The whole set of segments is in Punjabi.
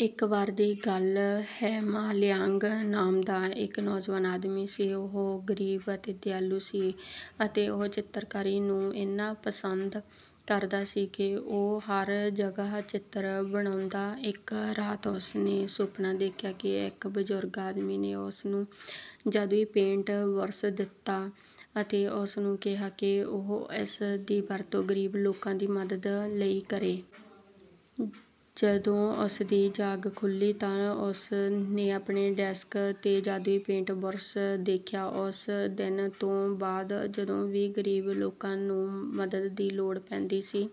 ਇੱਕ ਵਾਰ ਦੀ ਗੱਲ ਹੈ, ਮਾ ਲਿਆਂਗ ਨਾਮ ਦਾ ਇੱਕ ਨੌਜਵਾਨ ਆਦਮੀ ਸੀ। ਉਹ ਗਰੀਬ ਅਤੇ ਦਿਆਲੂ ਸੀ ਅਤੇ ਉਹ ਚਿੱਤਰਕਾਰੀ ਨੂੰ ਇੰਨਾ ਪਸੰਦ ਕਰਦਾ ਸੀ ਕਿ ਉਹ ਹਰ ਜਗ੍ਹਾ ਚਿੱਤਰ ਬਣਾਉਂਦਾ। ਇੱਕ ਰਾਤ, ਉਸ ਨੇ ਸੁਪਨਾ ਦੇਖਿਆ ਕਿ ਇੱਕ ਬਜੁਰਗ ਆਦਮੀ ਨੇ ਉਸ ਨੂੰ ਜਾਦੂਈ ਪੇਂਟ ਬੁਰਸ਼ ਦਿੱਤਾ ਅਤੇ ਉਸ ਨੂੰ ਕਿਹਾ ਕਿ ਉਹ ਇਸ ਦੀ ਵਰਤੋਂ ਗਰੀਬ ਲੋਕਾਂ ਦੀ ਮਦਦ ਲਈ ਕਰੇ। ਜਦੋਂ ਉਸਦੀ ਜਾਗ ਖੁੱਲੀ, ਤਾਂ ਉਸ ਨੇ ਆਪਣੇ ਡੈਸਕ 'ਤੇ ਜਾਦੂਈ ਪੇਂਟ ਬੁਰਸ਼ ਦੇਖਿਆ। ਉਸ ਦਿਨ ਤੋਂ ਬਾਅਦ, ਜਦੋਂ ਵੀ ਗਰੀਬ ਲੋਕਾਂ ਨੂੰ ਮਦਦ ਦੀ ਲੋੜ ਪੈਂਦੀ ਸੀ,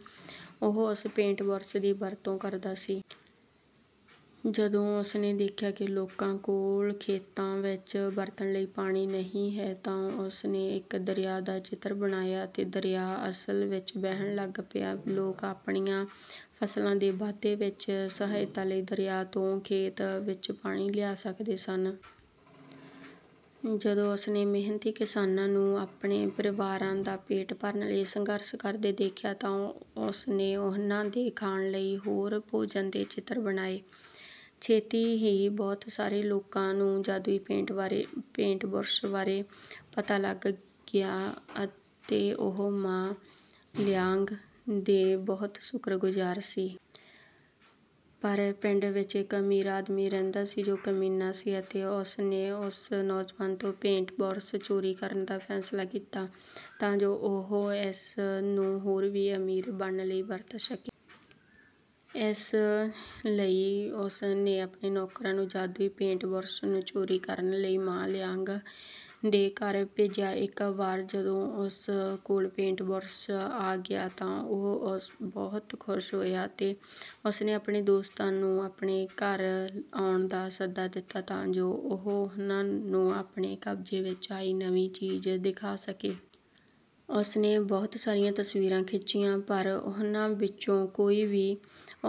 ਉਹ ਉਸ ਪੇਂਟ ਬੁਰਸ਼ ਦੀ ਵਰਤੋਂ ਕਰਦਾ ਸੀ। ਜਦੋਂ ਉਸ ਨੇ ਦੇਖਿਆ ਕਿ ਲੋਕਾਂ ਕੋਲ ਖੇਤਾਂ ਵਿੱਚ ਵਰਤਣ ਲਈ ਪਾਣੀ ਨਹੀਂ ਹੈ, ਤਾਂ ਉਸ ਨੇ ਇੱਕ ਦਰਿਆ ਦਾ ਚਿੱਤਰ ਬਣਾਇਆ ਅਤੇ ਦਰਿਆ ਅਸਲ ਵਿੱਚ ਵਹਿਣ ਲੱਗ ਪਿਆ। ਲੋਕ ਆਪਣੀਆਂ ਫਸਲਾਂ ਦੇ ਵਾਧੇ ਵਿੱਚ ਸਹਾਇਤਾ ਲਈ ਦਰਿਆ ਤੋਂ ਖੇਤ ਵਿੱਚ ਪਾਣੀ ਲਿਆ ਸਕਦੇ ਸਨ। ਜਦੋਂ ਉਸ ਨੇ ਮਿਹਨਤੀ ਕਿਸਾਨਾਂ ਨੂੰ ਆਪਣੇ ਪਰਿਵਾਰਾਂ ਦਾ ਪੇਟ ਭਰਨ ਲਈ ਸੰਘਰਸ਼ ਕਰਦੇ ਦੇਖਿਆ, ਤਾਂ ਉਸ ਨੇ ਉਨ੍ਹਾਂ ਦੇ ਖਾਣ ਲਈ ਹੋਰ ਭੋਜਨ ਦੇ ਚਿੱਤਰ ਬਣਾਏ। ਛੇਤੀ ਹੀ, ਬਹੁਤ ਸਾਰੇ ਲੋਕਾਂ ਨੂੰ ਜਾਦੂਈ ਪੇਂਟ ਬੁਰਸ਼ ਬਾਰੇ ਪਤਾ ਲੱਗ ਗਿਆ ਅਤੇ ਉਹ ਮਾ ਲਿਆਂਗ ਦੇ ਬਹੁਤ ਸ਼ੁਕਰਗੁਜ਼ਾਰ ਸੀ। ਪਰ ਪਿੰਡ ਵਿੱਚ, ਇੱਕ ਅਮੀਰ ਆਦਮੀ ਰਹਿੰਦਾ ਸੀ ਜੋ ਕਮੀਨਾ ਸੀ ਅਤੇ ਉਸ ਨੇ ਉਸ ਨੌਜਵਾਨ ਤੋਂ ਪੇਂਟ ਬੁਰਸ਼ ਚੋਰੀ ਕਰਨ ਦਾ ਫੈਸਲਾ ਕੀਤਾ ਤਾਂ ਜੋ ਉਹ ਇਸ ਨੂੰ ਹੋਰ ਵੀ ਅਮੀਰ ਬਣਨ ਲਈ ਵਰਤ ਸਕੇ। ਇਸ ਲਈ ਉਸ ਨੇ ਆਪਣੇ ਨੌਕਰਾਂ ਨੂੰ ਜਾਦੂਈ ਪੇਂਟ ਬੁਰਸ਼ ਨੂੰ ਚੋਰੀ ਕਰਨ ਲਈ ਮਾ ਲਿਆਂਗ ਦੇ ਘਰ ਭੇਜਿਆ। ਇੱਕ ਵਾਰ ਜਦੋਂ ਉਸ ਕੋਲ ਪੇਂਟ ਬੁਰਸ਼ ਆ ਗਿਆ, ਤਾਂ ਉਹ ਬਹੁਤ ਖੁਸ਼ ਹੋਇਆ ਅਤੇ ਉਸਨੇ ਆਪਣੇ ਦੋਸਤਾਂ ਨੂੰ ਆਪਣੇ ਘਰ ਆਉਣ ਦਾ ਸੱਦਾ ਦਿੱਤਾ ਤਾਂ ਜੋ ਉਹ ਉਹਨਾਂ ਨੂੰ ਆਪਣੇ ਕਬਜ਼ੇ ਵਿੱਚ ਆਈ ਨਵੀਂ ਚੀਜ਼ ਦਿਖਾ ਸਕੇ। ਉਸਨੇ ਬਹੁਤ ਸਾਰੀਆਂ ਤਸਵੀਰਾਂ ਖਿੱਚੀਆਂ, ਪਰ ਉਨ੍ਹਾਂ ਵਿੱਚੋਂ ਕੋਈ ਵੀ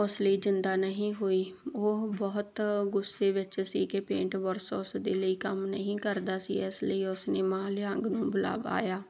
ਉਸ ਲਈ ਜਿੰਦਾ ਨਹੀਂ ਹੋਈ। ਉਹ ਬਹੁਤ ਗੁੱਸੇ ਵਿੱਚ ਸੀ ਕਿ ਪੇਂਟ ਬੁਰਸ਼ ਉਸਦੇ ਲਈ ਕੰਮ ਨਹੀਂ ਕਰਦਾ ਸੀ ਇਸ ਲਈ ਉਸਨੇ ਮਾ ਲਿਆਂਗ ਨੂੰ ਬੁਲਵਾਇਆ।